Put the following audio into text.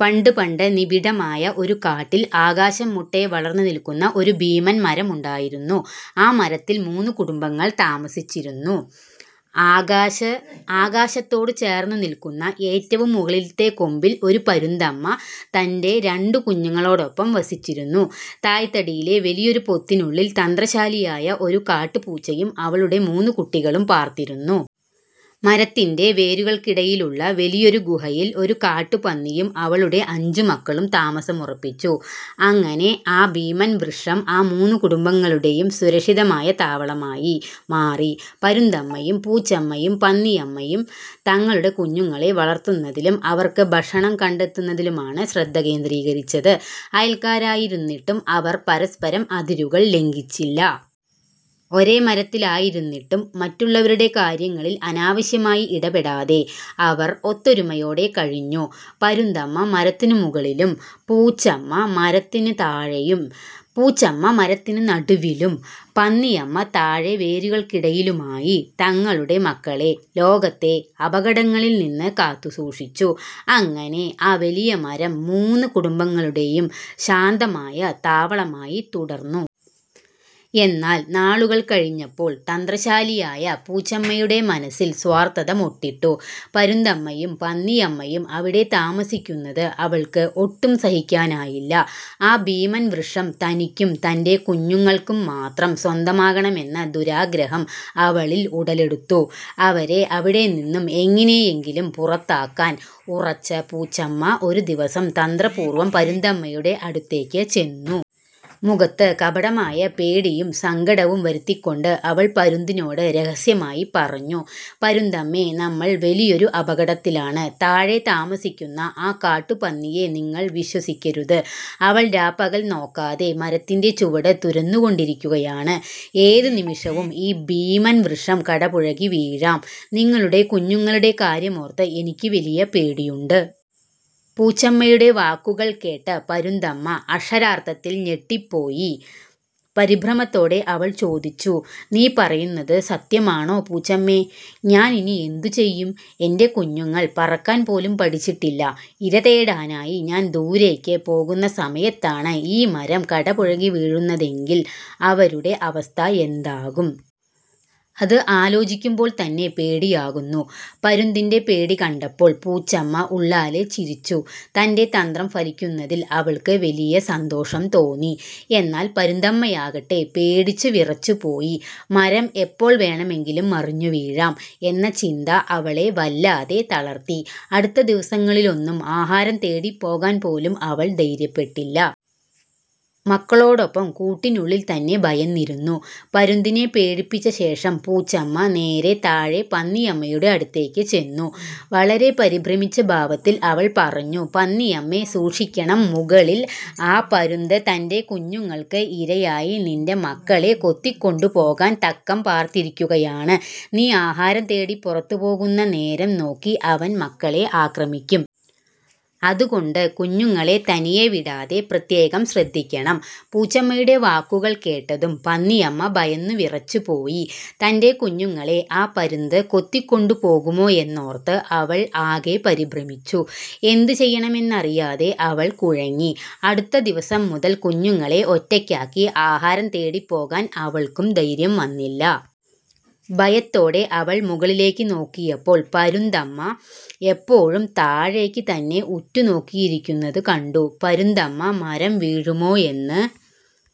പണ്ട് പണ്ട്, നിബിഡമായ ഒരു കാട്ടിൽ ആകാശം മുട്ടെ വളർന്നു നിൽക്കുന്ന ഒരു ഭീമൻ മരമുണ്ടായിരുന്നു. ആ മരത്തിൽ മൂന്ന് കുടുംബങ്ങൾ താമസിച്ചിരുന്നു. ആകാശത്തോട് ചേർന്നു നിൽക്കുന്ന ഏറ്റവും മുകളിലത്തെ കൊമ്പിൽ, ഒരു പരുന്തമ്മ തന്റെ രണ്ട് കുഞ്ഞുങ്ങളോടൊപ്പം വസിച്ചിരുന്നു. തായ്ത്തടിയിലെ വലിയൊരു പൊത്തിനുള്ളിൽ, തന്ത്രശാലിയായ ഒരു കാട്ടുപൂച്ചയും അവളുടെ മൂന്ന് കുട്ടികളും പാർത്തിരുന്നു. മരത്തിന്റെ വേരുകൾക്കിടയിലുള്ള വലിയൊരു ഗുഹയിൽ, ഒരു കാട്ടുപന്നിയും അവളുടെ അഞ്ച് മക്കളും താമസമുറപ്പിച്ചു. അങ്ങനെ ആ ഭീമൻ വൃക്ഷം ആ മൂന്ന് കുടുംബങ്ങളുടെയും സുരക്ഷിതമായ താവളമായി മാറി. പരുന്തമ്മയും പൂച്ചമ്മയും പന്നിയമ്മയും തങ്ങളുടെ കുഞ്ഞുങ്ങളെ വളർത്തുന്നതിലും അവർക്ക് ഭക്ഷണം കണ്ടെത്തുന്നതിലുമാണ് ശ്രദ്ധ കേന്ദ്രീകരിച്ചത്. അയൽക്കാരായിരുന്നിട്ടും അവർ പരസ്പരം അതിരുകൾ ലംഘിച്ചില്ല. ഒരേ മരത്തിലായിരുന്നിട്ടും മറ്റുള്ളവരുടെ കാര്യങ്ങളിൽ അനാവശ്യമായി ഇടപെടാതെ അവർ ഒത്തൊരുമയോടെ കഴിഞ്ഞു. പരുന്തമ്മ മരത്തിനു മുകളിലും, പൂച്ചമ്മ മരത്തിന് നടുവിലും, പന്നിയമ്മ താഴെ വേരുകൾക്കിടയിലുമായി തങ്ങളുടെ മക്കളെ ലോകത്തെ അപകടങ്ങളിൽ നിന്ന് കാത്തുസൂക്ഷിച്ചു. അങ്ങനെ ആ വലിയ മരം ആ മൂന്ന് കുടുംബങ്ങളുടെയും ശാന്തമായ താവളമായി തുടർന്നു. എന്നാൽ നാളുകൾ കഴിഞ്ഞപ്പോൾ, തന്ത്രശാലിയായ പൂച്ചമ്മയുടെ മനസ്സിൽ സ്വാർത്ഥത മൊട്ടിട്ടു. പരുന്തമ്മയും പന്നിയമ്മയും അവിടെ താമസിക്കുന്നത് അവൾക്ക് ഒട്ടും സഹിക്കാനായില്ല. ആ ഭീമൻ വൃക്ഷം തനിക്കും തന്റെ കുഞ്ഞുങ്ങൾക്കും മാത്രം സ്വന്തമാകണമെന്ന ദുരാഗ്രഹം അവളിൽ ഉടലെടുത്തു. അവരെ അവിടെനിന്നും എങ്ങനെയെങ്കിലും പുറത്താക്കാൻ ഉറച്ച പൂച്ചമ്മ, ഒരു ദിവസം തന്ത്രപൂർവം പരുന്തമ്മയുടെ അടുത്തേക്ക് ചെന്നു. മുഖത്ത് കപടമായ പേടിയും സങ്കടവും വരുത്തിക്കൊണ്ട് അവൾ പരുന്തിനോട് രഹസ്യമായി പറഞ്ഞു: "പരുന്തമ്മേ, നമ്മൾ വലിയൊരു അപകടത്തിലാണ്. താഴെ താമസിക്കുന്ന ആ കാട്ടുപന്നിയെ നിങ്ങൾ വിശ്വസിക്കരുത്. അവൾ രാപകൽ നോക്കാതെ മരത്തിന്റെ ചുവട് തുരന്നുകൊണ്ടിരിക്കുകയാണ്. ഏതു നിമിഷവും ഈ ഭീമൻ വൃക്ഷം കടപുഴകി വീഴാം! നിങ്ങളുടെ കുഞ്ഞുങ്ങളുടെ കാര്യമോർത്ത് എനിക്ക് വലിയ പേടിയുണ്ട്. " പൂച്ചമ്മയുടെ വാക്കുകൾ കേട്ട പരുന്തമ്മ അക്ഷരാർത്ഥത്തിൽ ഞെട്ടിപ്പോയി. പരിഭ്രമത്തോടെ അവൾ ചോദിച്ചു "നീ പറയുന്നത് സത്യമാണോ പൂച്ചമ്മേ? ഞാൻ ഇനി എന്ത് ചെയ്യും? എന്റെ കുഞ്ഞുങ്ങൾ പറക്കാൻ പോലും പഠിച്ചിട്ടില്ല. ഇര തേടാനായി ഞാൻ ദൂരേക്ക് പോകുന്ന സമയത്താണ് ഈ മരം കടപുഴകി വീഴുന്നതെങ്കിൽ അവരുടെ അവസ്ഥ എന്താകും? അത് ആലോചിക്കുമ്പോൾ തന്നെ പേടിയാകുന്നു. " പരുന്തിന്റെ പേടി കണ്ടപ്പോൾ പൂച്ചമ്മ ഉള്ളാലെ ചിരിച്ചു. തന്റെ തന്ത്രം ഫലിക്കുന്നതിൽ അവൾക്ക് വലിയ സന്തോഷം തോന്നി. എന്നാൽ പരുന്തമ്മയാകട്ടെ, പേടിച്ച് വിറച്ചുപോയി. മരം എപ്പോൾ വേണമെങ്കിലും മറിഞ്ഞു വീഴാം എന്ന ചിന്ത അവളെ വല്ലാതെ തളർത്തി. അടുത്ത ദിവസങ്ങളിലൊന്നും ആഹാരം തേടിപ്പോകാൻ പോലും അവൾ ധൈര്യപ്പെട്ടില്ല. മക്കളോടൊപ്പം കൂട്ടിനുള്ളിൽ തന്നെ ഭയന്നിരുന്നു. പരുന്തിനെ പേടിപ്പിച്ച ശേഷം പൂച്ചമ്മ നേരെ താഴെ പന്നിയമ്മയുടെ അടുത്തേക്ക് ചെന്നു. വളരെ പരിഭ്രമിച്ച ഭാവത്തിൽ അവൾ പറഞ്ഞു: "പന്നിയമ്മേ, സൂക്ഷിക്കണം! മുകളിൽ ആ പരുന്ത് തന്റെ കുഞ്ഞുങ്ങൾക്ക് ഇരയായി നിന്റെ മക്കളെ കൊത്തിക്കൊണ്ടുപോകാൻ തക്കം പാർത്തിരിക്കുകയാണ്. നീ ആഹാരം തേടി പുറത്തുപോകുന്ന നേരം നോക്കി അവൻ മക്കളെ ആക്രമിക്കും. അതുകൊണ്ട് കുഞ്ഞുങ്ങളെ തനിയെ വിടാതെ പ്രത്യേകം ശ്രദ്ധിക്കണം! " പൂച്ചമ്മയുടെ വാക്കുകൾ കേട്ടതും പന്നിയമ്മ ഭയന്നുവിറച്ചുപോയി. തന്റെ കുഞ്ഞുങ്ങളെ ആ പരുന്ത് കൊത്തിക്കൊണ്ടു പോകുമോ എന്നോർത്ത് അവൾ ആകെ പരിഭ്രമിച്ചു. എന്തു ചെയ്യണമെന്നറിയാതെ അവൾ കുഴങ്ങി. അടുത്ത ദിവസം മുതൽ കുഞ്ഞുങ്ങളെ ഒറ്റയ്ക്കാക്കി ആഹാരം തേടിപ്പോകാൻ അവൾക്കും ധൈര്യം വന്നില്ല. ഭയത്തോടെ അവൾ മുകളിലേക്ക് നോക്കിയപ്പോൾ, പരുന്തമ്മ എപ്പോഴും താഴേക്ക് തന്നെ ഉറ്റുനോക്കിയിരിക്കുന്നത് കണ്ടു. പരുന്തമ്മ മരം വീഴുമോ എന്ന്